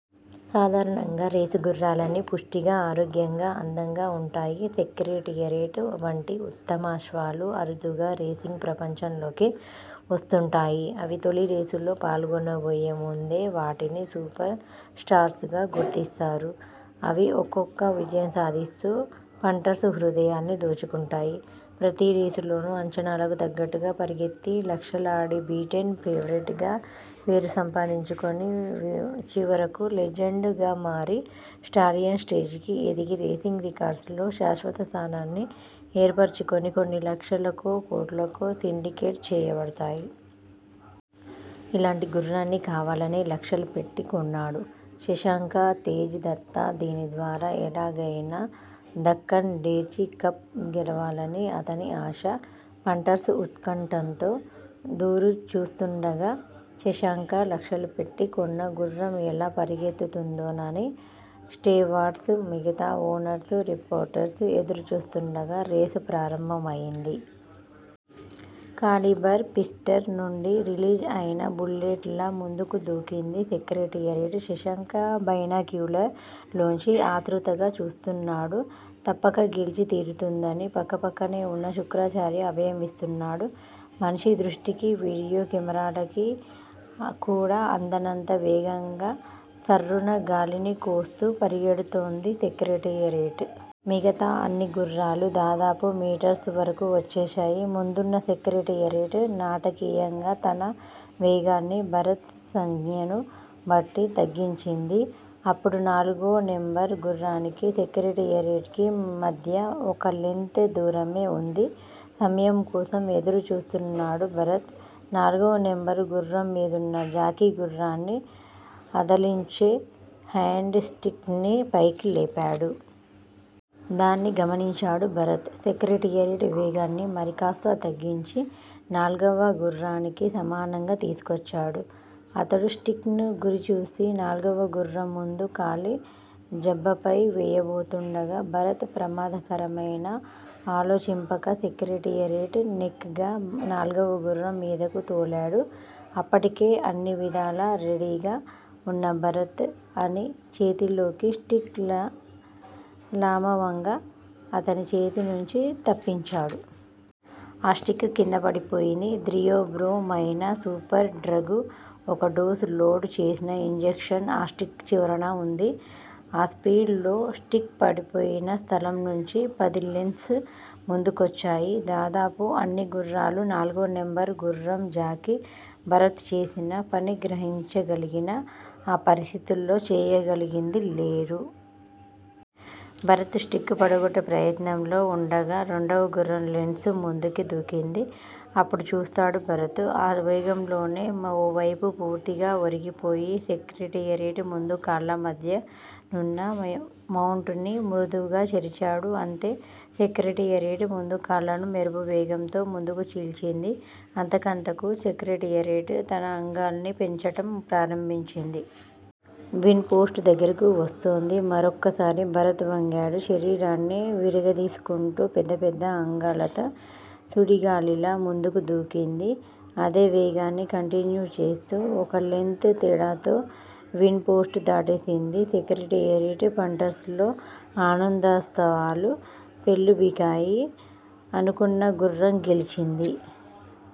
సాధారణంగా రేసుగుర్రాలన్నీ పుష్టిగా, ఆరోగ్యంగా, అందంగా ఉంటాయి. సెక్రెటేరియట్ వంటి ఉత్తమాశ్వాలు అరుదుగా రేసింగ్ ప్రపంచంలోకి వస్తుంటాయి. అవి తొలిరేసులో పాల్గొనబోయే ముందే వాటిని సూపర్ స్టార్స్ గా గుర్తిస్తారు, అవి ఒక్కొక్క విజయం సాదిస్తూ పంటర్స్ హృదయాల్ని దోచుకుంటాయి. ప్రతి రేసులోనూ అంచనాలకు తగ్గట్టుగా పరిగెత్తి లక్షలాడి బీటెన్ ఫేవరేట్ గా పేరు సంపాదించుకొని చివరకు లెజెండ్ గా మారి స్టాలియన్ స్టేజ్ కి ఎదిగి రేసింగ్ రికార్డ్సులో శాశ్వత స్థానాన్ని ఏర్పరచుకొని కొన్ని లక్షలకో, కోట్లకో సిండికేట్ చేయబడతాయి. ఇలాంటి గుర్రాన్ని కావాలనే లక్షలు పెట్టి కొన్నాడు శశాంక తేజ్ దత్త. దీని ద్వారా ఎలాగయినా దక్కన్ డెర్బీ కప్ గెలవాలని అతని ఆశ. పంటర్స్ ఉత్కంఠతో దురుచూస్తుండగా, శశాంక లక్షలు పెట్టి కొన్న గుర్రం ఎలా పరుగెత్తుతుందోనని స్టేవార్ట్స్, మిగతా ఓనర్స్ రిపోర్టర్స్ ఎదురుచూస్తుండగా రేస్ ప్రారంభమయింది. కాలిబర్ పిస్టర్ నుండి రిలీజ్ అయిన బుల్లెట్ లా ముందుకు దూకింది సెక్రెటేరియట్, శశాంక బైనాక్యులర్ లోంచి ఆతృతగా చూస్తున్నాడు. తప్పక గెల్చి తీరుతుందని పక్కపక్కనే ఉన్న శుక్రాచార్య అభయమిస్తున్నాడు. మనిషి దృష్టికి, వీడియో కెమేరాలకి కూడా అందనంత వేగంగా సర్రున గాలిని కోస్తూ పరుగెడుతోంది సెక్రటేరియట్. మిగతా అన్ని గుర్రాలు దాదాపు మీటర్సు వరకు వచ్చేశాయి. ముందున్న సెక్రటేరియట్ నాటకీయంగా తన వేగాన్ని భరత్ సంజ్ఞను బట్టి తగ్గించింది. అప్పుడు నాలుగో నెంబర్ గుర్రానికి సెక్రెటేరియట్ కీ మధ్య ఒక లెంత్ దూరమే ఉంది. సమయం కోసం ఎదురు చూస్తున్నాడు భరత్. నాల్గవ నెంబరు గుర్రం మీదున్న జాకీ గుర్రాన్ని అదలించే హేండ్ స్టిక్ ని పైకి లేపాడు. దాన్ని గమనించాడు భరత్. సెక్రెటేరియట్ వేగాన్ని మరికాస్త తగ్గించి నాల్గవ గుర్రానికి సమానంగా తీసుకొచ్చాడు. అతను స్టిక్ ను గురిచూసి నాల్గవ గుర్రం ముందు కాలి జబ్బపై వేయబోతుండగా భరత్ ప్రమాదకరమయినా ఆలోచింపక సెక్రెటేరియట్ నేక్ గా నాల్గవ గుర్రం మీదకు తోలాడు, అప్పటికే అన్నివిధాల రడీగా ఉన్న భరత్ అతని చేతిలోని స్టిక్ ని లామవంగా అతని చేతి నుంచి తప్పించాడు. ఆ స్టిక్ కిందపడిపోయింది. ద్రియోబ్రో మైన సూపర్ డ్రగు ఒక డోస్ లోడ్ చేసిన ఇంజెక్షన్ ఆ స్టిక్ చివరన ఉంది. ఆ స్పీడ్ లో స్టిక్ పడిపోయిన స్థలం నుంచి పది లెంత్స్ ముందు కొచ్చాయి దాదాపు అన్ని గుర్రాలు. నాల్గవ నెంబర్ గుర్రం జాకీ భరత్ చేసిన పని గ్రహించగలిగినా ఆ పరిస్థితుల్లో చేయగలిగింది లేదు. భరత్ స్టిక్ పడగొట్టే ప్రయత్నంలో ఉండగా రెండవ గుర్రం లెంత్స్ ముందుకి దూకింది. అప్పుడు చూసాడు భరత్. ఆ వేగంలోనే ఓ వేపు పూర్తిగా ఒరిగిపోయి సెక్రెటేరియట్ ముందుకాళ్ళ మధ్యనున్న మౌంట్ ని మృదువుగా చరిచాడు, అంతే సెక్రటేరియట్ ముందుకాళ్ళను మెరుపువేగంతో ముందుకు చీల్చింది. అంతకంతకు సెక్రటేరియట్ తన అంగల్ని పెంచటం ప్రారంభించింది. విన్ పోస్ట్ దగ్గరకు వస్తోంది. మరొక్కసారి భరత్ వంగాడు. శరీరాన్ని విరగదీసుకుంటూ పెద్ద పెద్ద అంగలతో సుడిగాలిలా ముందుకు దూకింది. అదే వేగాన్ని కంటిన్యూ చేస్తూ ఒక్క లెంత్ తేడాతో విన్ పోస్టు దాటేసింది సెక్రటేరియట్. పంటర్స్ లో ఆనందోత్సాహాలు పెల్లుబికాయి. అనుకున్న గుర్రం గెలిచింది.